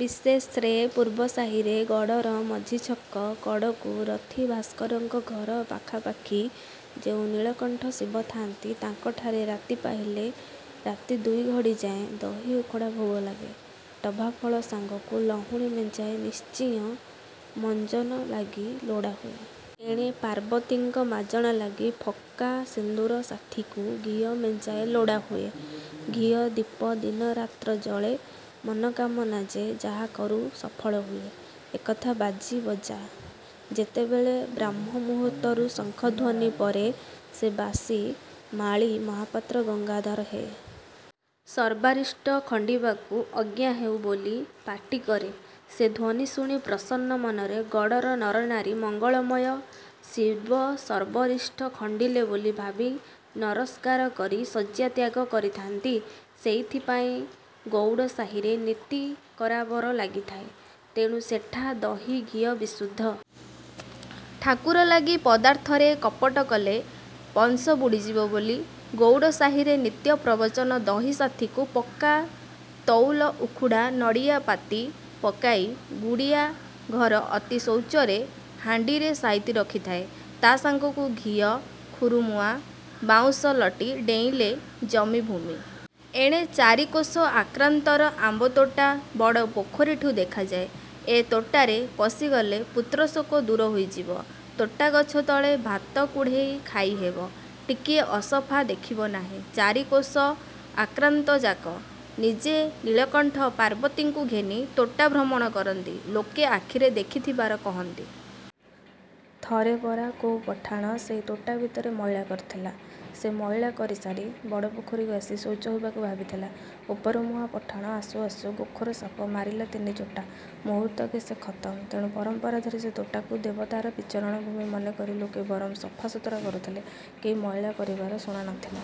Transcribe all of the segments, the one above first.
ବିଶେଷରେ ପୂର୍ବ ସାହିରେ ଗଡ଼ର ମଝି ଛକ କଡ଼କୁ ରଥୀ ଭାସ୍କରଙ୍କ ଘର ପାଖାପାଖି ଯେଉଁ ନୀଳକଣ୍ଠ ଶିବ ଥାନ୍ତି, ତାଙ୍କଠାରେ ରାତି ପାହିଲେ ରାତି ଦୁଇଘଡ଼ି ଯାଏ ଦହି ଉଖୁଡ଼ା ଭୋଗ ଲାଗେ। ଟଭା ଫଳ ସାଙ୍ଗକୁ ଲହୁଣୀ ମେଞ୍ଚାଏ ନିଶ୍ଚିୟ ମଞ୍ଜନ ଲାଗି ଲୋଡ଼ା ହୁଏ। ଏଣେ ପାର୍ବତୀଙ୍କ ମାଜଣା ଲାଗି ଫକା ସିନ୍ଦୂର ସାଥିକୁ ଘିଅ ମେଞ୍ଚାଏ ଲୋଡ଼ା ହୁଏ। ଘିଅ ଦୀପ ଦିନରାତ୍ର ଜଳେ। ମନ କାମନା ଯେ ଯାହା କରୁ ସଫଳ ହୁଏ, ଏକଥା ବାଜି ବଜା। ଯେତେବେଳେ ବ୍ରାହ୍ମ ମୂହୁର୍ତ୍ତରୁ ଶଙ୍ଖ ଧ୍ୱନି ପରେ ସେବାସୀ ମାଳୀ ମହାପାତ୍ର ''ଗଙ୍ଗାଧର ହେ! ସର୍ବାରିଷ୍ଟ ଖଣ୍ଡିବାକୁ ଅଜ୍ଞା ହେଉ" ବୋଲି ପାଟିକରେ, ସେ ଧ୍ୱନି ଶୁଣି ପ୍ରସନ୍ନ ମନରେ ଗଡ଼ର ନରନାରୀ ମଙ୍ଗଳମୟ। ଶିବ ସର୍ବରିଷ୍ଟ ଖଣ୍ଡିଲେ ବୋଲି ଭାବି ନରସ୍କାର କରି ଶଯ୍ୟାତ୍ୟାଗ କରିଥାନ୍ତି। ସେଇଥିପାଇଁ ଗଉଡ଼ ସାହିରେ ନିତି କରାବର ଲାଗିଥାଏ। ତେଣୁ ସେଠା ଦହି, ଘିଅ ବିଶୁଦ୍ଧ। ଠାକୁର ଲାଗି ପଦାର୍ଥରେ କପଟ କଲେ, ବଂଶ ବୁଡ଼ିଯିବ ବୋଲି ଗଉଡ଼ ସାହିରେ ନିତ୍ୟ ପ୍ରବଚନ। ଦହି ସାଥୀକୁ ପକ୍କା ତଉଲ ଉଖୁଡ଼ା ନଡ଼ିଆ ପାତି ପକାଇ ଗୁଡ଼ିଆ ଘର ଅତି ଶୌଚରେ ହାଣ୍ଡିରେ ସାଇତି ରଖିଥାଏ। ତା ସାଙ୍ଗକୁ ଘିଅ ଖୁରୁମୁଆଁ। ବାଉଁଶ ଲଟି ଡେଇଁଲେ ଜମି ଭୂମି। ଏଣେ ଚାରିକୋଶ ଆକ୍ରାନ୍ତର ଆମ୍ବତୋଟା ବଡ଼ ପୋଖରୀଠୁ ଦେଖାଯାଏ। ଏ ତୋଟାରେ ପଶିଗଲେ ପୁତ୍ରଶୋକ ଦୂର ହୋଇଯିବ। ତୋଟାଗଛ ତଳେ ଭାତ କୁଢ଼େଇ ଖାଇହେବ। ଟିକିଏ ଅସଫା ଦେଖିବ ନାହିଁ—ଚାରି କୋଶ ଆକ୍ରାନ୍ତଯାକ। ନିଜେ ନିଳକଣ୍ଠ ପାର୍ବତୀଙ୍କୁ ଘେନି ତୋଟା ଭ୍ରମଣ କରନ୍ତି, ଲୋକେ ଆଖିରେ ଦେଖିଥିବାର କହନ୍ତି। ଥରେ ପରା କୋଉ ପଠାଣ ସେହି ତୋଟା ଭିତରେ ମଇଳା କରିଥିଲା। ସେ ମଇଳା କରିସାରି ବଡ଼ ପୋଖରୀକୁ ଆସି ଶୌଚ ହେବାକୁ ଭାବିଥିଲା। ଉପରମୁହାଁ ପଠାଣ ଆସୁ ଆସୁ ଗୋଖର ସାପ ମାରିଲା ତିନି ଚୋଟ। ମୁହୂର୍ତ୍ତକେ ସେ ଖତମ। ତେଣୁ ପରମ୍ପରା ଧରି ସେ ତୋଟାକୁ ଦେବତାର ବିଚରଣ ଭୂମି ମନେକରି ଲୋକେ ବରଂ ସଫା ସୁତୁରା କରୁଥିଲେ' କେହି ମଇଳା କରିବାର ଶୁଣା ନ ଥିଲା।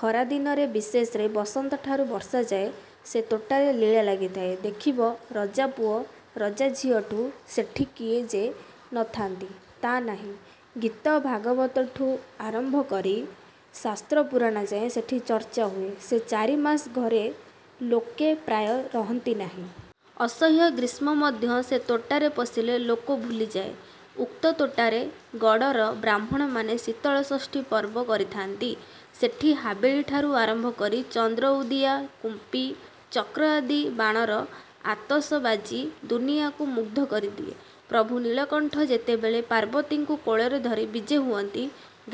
ଖରାଦିନରେ ବିଶେଷରେ ବସନ୍ତଠାରୁ ବର୍ଷାଯାଏ ସେ ତୋଟାରେ ଲୀଳା ଲାଗିଥାଏ। ଦେଖିବ ରଜାପୁଅ, ରଜାଝିଅଠୁ ସେଠି କିଏ ଯେ ନ ଥାନ୍ତି, ତା ନାହିଁ। ଗୀତ ଭାଗବତଠୁ ଆରମ୍ଭ କରି ଶାସ୍ତ୍ର ପୁରାଣ ଯାଏ ସେଠି ଚର୍ଚ୍ଚା ହୁଏ। ସେ ଚାରି ମାସ ଘରେ ଲୋକେ ପ୍ରାୟ ରହନ୍ତି ନାହିଁ। ଅସହ୍ୟ ଗ୍ରୀଷ୍ମ ମଧ୍ୟ ସେ ତୋଟାରେ ପଶିଲେ ଲୋକ ଭୁଲିଯାଏ। ଉକ୍ତ ତୋଟାରେ ଗଡ଼ର ବ୍ରାହ୍ମଣମାନେ ଶୀତଳଷଷ୍ଠୀ ପର୍ବ କରିଥାନ୍ତି। ସେଠି ହାବେଳିଠାରୁ ଆରମ୍ଭ କରି ଚନ୍ଦ୍ରଉଦିଆ, କୁମ୍ପି, ଚକ୍ର ଆଦି ବାଣର ଆତସବାଜି ଦୁନିଆକୁ ମୁଗ୍ଧ କରିଦିଏ। ପ୍ରଭୁ ନିଳକଣ୍ଠ ଯେତେବେଳେ ପାର୍ବତୀଙ୍କୁ କୋଳରେ ଧରି ବିଜେ ହୁଅନ୍ତି,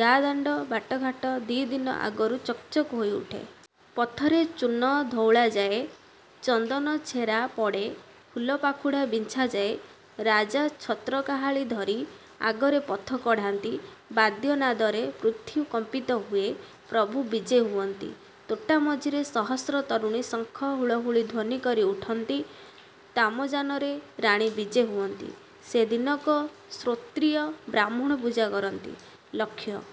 ଗାଁ ଦାଣ୍ଡ ବାଟଘାଟ ଦି ଦିନ ଆଗରୁ ଚକ୍ ଚକ୍ ହୋଇଉଠେ। ପଥରେ ଚୂନ ଧଉଳାଯାଏ। ଚନ୍ଦନ ଛେରା ପଡ଼େ, ଫୁଲପାଖୁଡ଼ା ବିଞ୍ଛାଯାଏ। ରାଜା ଛତ୍ର କାହାଳୀ ଧରି ଆଗରେ ପଥ କଢ଼ାନ୍ତି। ବାଦ୍ୟ ନାଦରେ ପୃଥ୍ୱୀ କମ୍ପିତ ହୁଏ। ପ୍ରଭୁ ବିଜେ ହୁଅନ୍ତି। ତୋଟା ମଝିରେ ସହସ୍ର ତରୁଣୀ ଶଙ୍ଖ, ହୁଳହୁଳି ଧ୍ୱନି କରି ଉଠନ୍ତି। ତାମଯାନରେ ରାଣୀ ବିଜେ ହୁଅନ୍ତି। ସେ ଦିନକ ଶ୍ରୋତ୍ରିୟ ବ୍ରାହ୍ମଣ ପୂଜା କରନ୍ତି। ଲକ୍ଷ